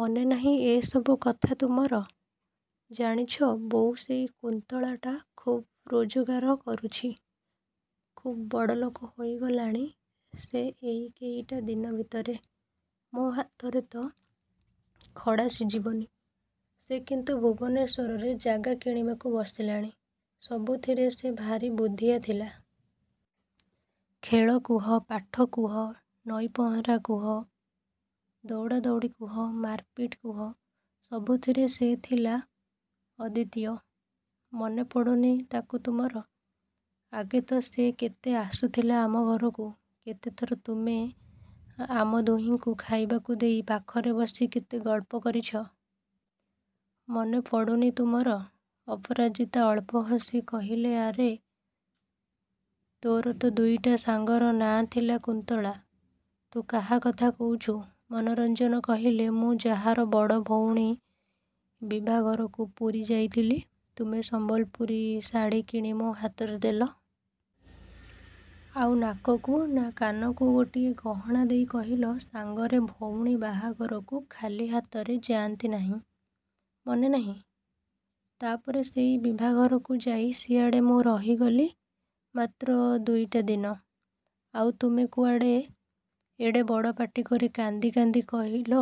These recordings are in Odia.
ମନେ ନାହିଁ ଏ ସବୁ କଥା ତୁମର? ଜାଣିଛ ବୋଉ ସେଇ କୁନ୍ତଳାଟା ଖୁବ୍ ରୋଜଗାର କରୁଛି। ଖୁବ୍ ବଡ଼ଲୋକ ହୋଇଗଲାଣି ସେ ଏଇ କେଇଟା ଦିନ ଭିତରେ। ମୋ ହାତରେ ତ ଖଡ଼ା ସିଝିବନି। ସେ କିନ୍ତୁ ଭୁବନେଶ୍ୱରରେ ଜାଗା କିଣିବାକୁ ବସିଲାଣି। ସବୁଥିରେ ସେ ଭାରି ବୁଦ୍ଧିଆ ଥିଲା। ଖେଳ କୁହ, ପାଠ କୁହ, ନଈ ପହଁରା କୁହ, ଦଉଡ଼ାଦଉଡ଼ି କୁହ, ମାରପିଟ୍ କୁହ ସବୁଥିରେ ସେ ଥିଲା ଅଦ୍ୱିତୀୟ। ମନେ ପଡ଼ୁନି ତାକୁ ତୁମର। ଆଗେ ତ ସେ କେତେ ଆସୁଥିଲା ଆମ ଘରକୁ। କେତେଥର ତୁମେ ଆମ ଦୁହିଁଙ୍କୁ ଖାଇବାକୁ ଦେଇ ପାଖରେ ବସି କେତେ ଗଳ୍ପ କରିଛ। ମନେ ପଡ଼ୁନି ତୁମର? ଅପରାଜିତା ଅଳ୍ପ ହସି କହିଲେ ଆରେ, ତୋର ତ ଦୁଇଟା ସାଙ୍ଗର ନାଁ ଥିଲା କୁନ୍ତଳା। ତୁ କାହା କଥା କହୁଛୁ? ମନୋରଞ୍ଜନ କହିଲେ ମୁଁ ଯାହାର ବଡ଼ ଭଉଣୀ ବିଭାଘରକୁ ପୁରୀ ଯାଇଥିଲି। ତୁମେ ସମ୍ବଲପୁରୀ ଶାଢ଼ି କିଣି ମୋ ହାତରେ ଦେଲ। ଆଉ ନାକକୁ, ନା, କାନକୁ ଗୋଟିଏ ଗହଣା ଦେଇ କହିଲ ସାଙ୍ଗର ଭଉଣୀ ବାହାଘରକୁ ଖାଲି ହାତରେ ଯାଆନ୍ତି ନାହିଁ। ମନେ ନାହିଁ? ତା' ପରେ ସେଇ ବିଭାଘରକୁ ଯାଇ ସିଆଡ଼େ ମୁଁ ରହିଗଲି ମାତ୍ର ଦୁଇଟା ଦିନ। ଆଉ, ତୁମେ କୁଆଡ଼େ ଏଡ଼େ ବଡ଼ ପାଟି କରି କାନ୍ଦି କାନ୍ଦି କହିଲ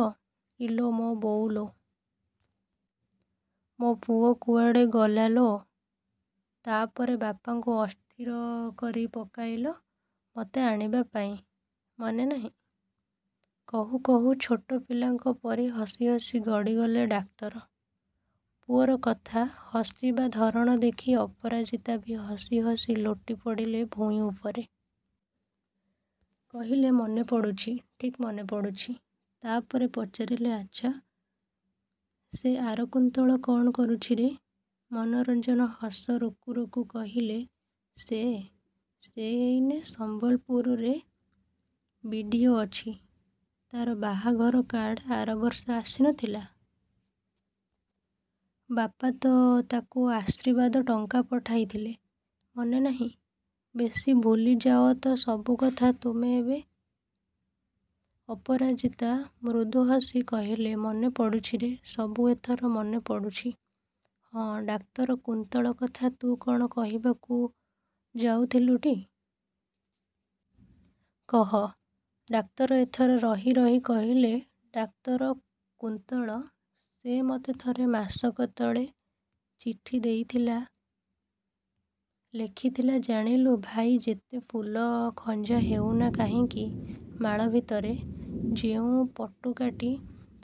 ଇଲୋ ମୋ ବୋଉଲୋ। ମୋ ପୁଅ କୁଆଡ଼େ ଗଲାଲୋ। ତା' ପରେ ବାପାଙ୍କୁ ଅସ୍ଥିର କରି ପକାଇଲ ମତେ ଆଣିବା ପାଇଁ, ମନେ ନାହିଁ? କହୁ କହୁ ଛୋଟ ପିଲାଙ୍କ ପରି ହସି ହସି ଗଡ଼ି ଗଲେ ଡାକ୍ତର। ପୁଅର କଥା କହିବା ଧରଣ ଦେଖି ଅପରାଜିତା ବି ହସି ହସି ଲୋଟି ପଡ଼ିଲେ ଭୂଇଁ ଉପରେ। କହିଲେ ମନେ ପଡ଼ୁଛି। ଠିକ୍ ମନେ ପଡ଼ୁଛି। ତା' ପରେ ପଚାରିଲେ ଆଚ୍ଛା, ସେ ଆର କୁନ୍ତଳ କ'ଣ କରୁଛିରେ? ମନୋରଞ୍ଜନ ହସ ରୋକୁ ରୋକୁ କହିଲେ ସେ, ସେ ଏଇନେ ସମ୍ବଲପୁରରେ ବି. ଡି. ଓ. ଅଛି। ତା'ର ବାହାଘର କାର୍ଡ଼ ଆରବର୍ଷ ଆସି ନଥିଲା? ବାପା ତ ତାକୁ ଆଶ୍ରୀବାଦ ଟଙ୍କା ପଠାଇଥିଲେ। ମନେ ନାହିଁ? ବେଶୀ ଭୁଲି ଯାଅ ତ ସବୁ କଥା ତୁମେ ଏବେ । ଅପରାଜିତା ମୃଦୁ ହସି କହିଲେ ମନେ ପଡ଼ୁଛିରେ, ସବୁ ଏଥର ମନେ ପଡ଼ୁଛି। ହଁ, ଡାକ୍ତର କୁନ୍ତଳ କଥା ତୁ କ'ଣ କହିବାକୁ ଯାଉଥିଲୁଟି? କହ। ଡାକ୍ତର ଏଥର ରହି ରହି କହିଲେ ଡାକ୍ତର କୁନ୍ତଳ! ସେ ମତେ ଥରେ ମାସକ ତଳେ ଚିଠି ଦେଇଥିଲା ଲେଖିଥିଲା ଜାଣିଲୁ ଭାଇ ଯେତେ ଫୁଲ ଖଞ୍ଜା ହେଉନା କାହିଁକି ମାଳ ଭିତରେ ଯେଉଁ ପଟୁକାଟି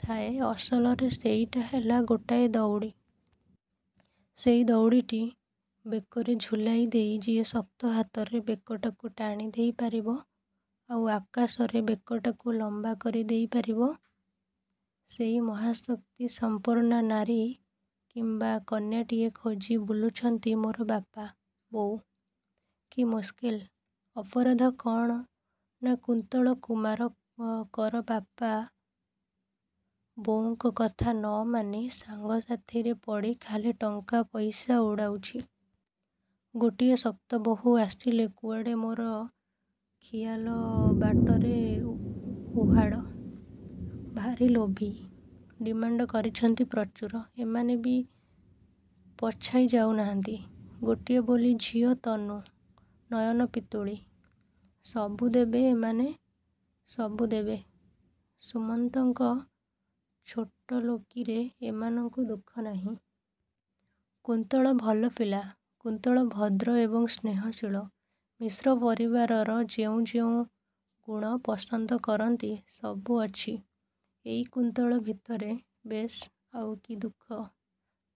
ଥାଏ ଅସଲରେ ସେଇଟା ହେଲା ଗୋଟାଏ ଦଉଡ଼ି। ସେଇ ଦଉଡ଼ିଟି ବେକରେ ଝୁଲାଇ ଦେଇ ଯିଏ ଶକ୍ତ ହାତରେ ବେକଟାକୁ ଟାଣି ଦେଇ ପାରିବ, ଆଉ ଅକାଶରେ ବେକଟାକୁ ଲମ୍ବା କରି ଦେଇ ପାରିବ, ସେଇ ମହାଶକ୍ତି ସମ୍ପନ୍ନା ନାରୀ କିମ୍ବା କନ୍ୟାଟିଏ ଖୋଜି ବୁଲିଛନ୍ତି ମୋର ବାପା, ବୋଉ। କି ମୁସ୍କିଲ! ଅପରାଧ କ'ଣ ନା କୁନ୍ତଳ କୁମାର କର ବାପା ବୋଉଙ୍କ କଥା ନ ମାନି ସାଙ୍ଗ ସାଥିରେ ପଡ଼ି ଖାଲି ଟଙ୍କା ପଇସା ଉଡ଼ାଉଛି। ଗୋଟିଏ ଶକ୍ତ ବୋହୂ ଆସିଲେ କୁଆଡ଼େ ମୋର ଖିଆଲ ବାଟରେ ଉହାଡ଼। ଭାରି ଲୋଭୀ। ଡିମାଣ୍ଡ କରିଛନ୍ତି ପ୍ରଚୁର। ଏମାନେ ବି ପଛାଇ ଯାଉ ନାହାନ୍ତି। ଗୋଟିଏ ବୋଲି ଝିଅ ତନୁ। ନୟନ ପିତୁଳି। ସବୁ ଦେବେ ଏମାନେ, ସବୁ ଦେବେ। ସୁମନ୍ତଙ୍କ ଛୋଟଲୋକିରେ ଏମାନଙ୍କୁ ଦୁଃଖ ନାହିଁ। କୁନ୍ତଳ ଭଲ ପିଲା। କୁନ୍ତଳ ଭଦ୍ର ଏବଂ ସ୍ନେହଶୀଳ। ମିଶ୍ର ପରିବାର ଯେଉଁ ଯେଉଁ ଗୁଣ ପସନ୍ଦ କରନ୍ତି, ସବୁ ଅଛି ଏଇ କୁନ୍ତଳ ଭିତରେ। ବେଶ୍, ଆଉ କି ଦୁଃଖ।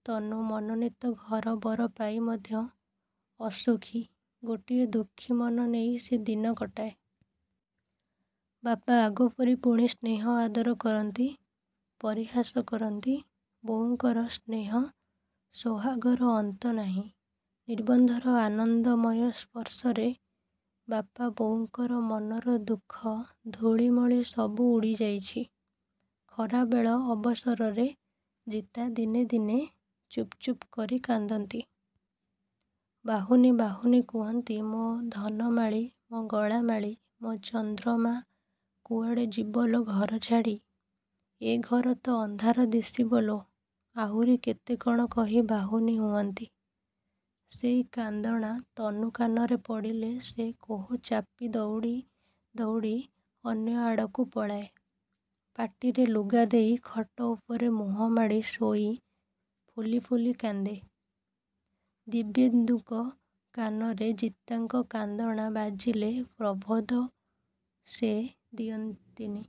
ତନୁ ମନୋନୀତ ଘର ବର ପାଇ ମଧ୍ୟ ଅସୁଖୀ। ଗୋଟିଏ ଦୁଃଖୀ ମନ ନେଇ ସେ ଦିନ କଟାଏ। ବାପା, ଆଗପରି ପୁଣି ସ୍ନେହ ଆଦର କରନ୍ତି, ପରିହାସ କରନ୍ତି। ବୋଉଙ୍କର ସ୍ନେହ ସୋହାଗର ଅନ୍ତ ନାହିଁ। ନିର୍ବନ୍ଧର ଆନନ୍ଦମୟ ସ୍ପର୍ଶରେ ବାପା, ବୋଉଙ୍କର ମନର ଦୁଃଖ ଧୂଳିମଳି ସବୁ ଉଡ଼ି ଯାଇଛି। ଖରାବେଳ ଅବସରରେ ଜିତା ଦିନେ, ଦିନେ ଚୁପ୍ ଚୁପ୍ କରି କାନ୍ଦନ୍ତି। ବାହୁନି ବାହୁନି କୁହନ୍ତି ମୋ ଧନମାଳି, ମୋ ଗଳାମାଳି, ମୋ ଚନ୍ଦ୍ରମା କୁଆଡ଼େ ଯିବ ଲୋ ଘର ଛାଡ଼ି। ଏ ଘର ତ ଅନ୍ଧାର ଦିଶିବ ଲୋ! ଆହୁରି କେତେ କ'ଣ କହି ବାହୁନି ହୁଅନ୍ତି। ସେଇ କାନ୍ଦଣା ତନୁ କାନରେ ପଡ଼ିଲେ ସେ କୋହ ଚାପି ଦଉଡ଼ି ଦଉଡ଼ି ଅନ୍ୟ ଆଡ଼କୁ ପଳାଏ, ପାଟିରେ ଲୁଗା ଦେଇ ଖଟ ଉପରେ ମୁହଁ ମାଡ଼ି ଶୋଇ ଫୁଲି ଫୁଲି କାନ୍ଦେ। ଦିବ୍ୟେନ୍ଦୁଙ୍କ କାନରେ ଜିତାଙ୍କ କାନ୍ଦଣା ବାଜିଲେ ପ୍ରବୋଧ ସେ ଦିଅନ୍ତିନି।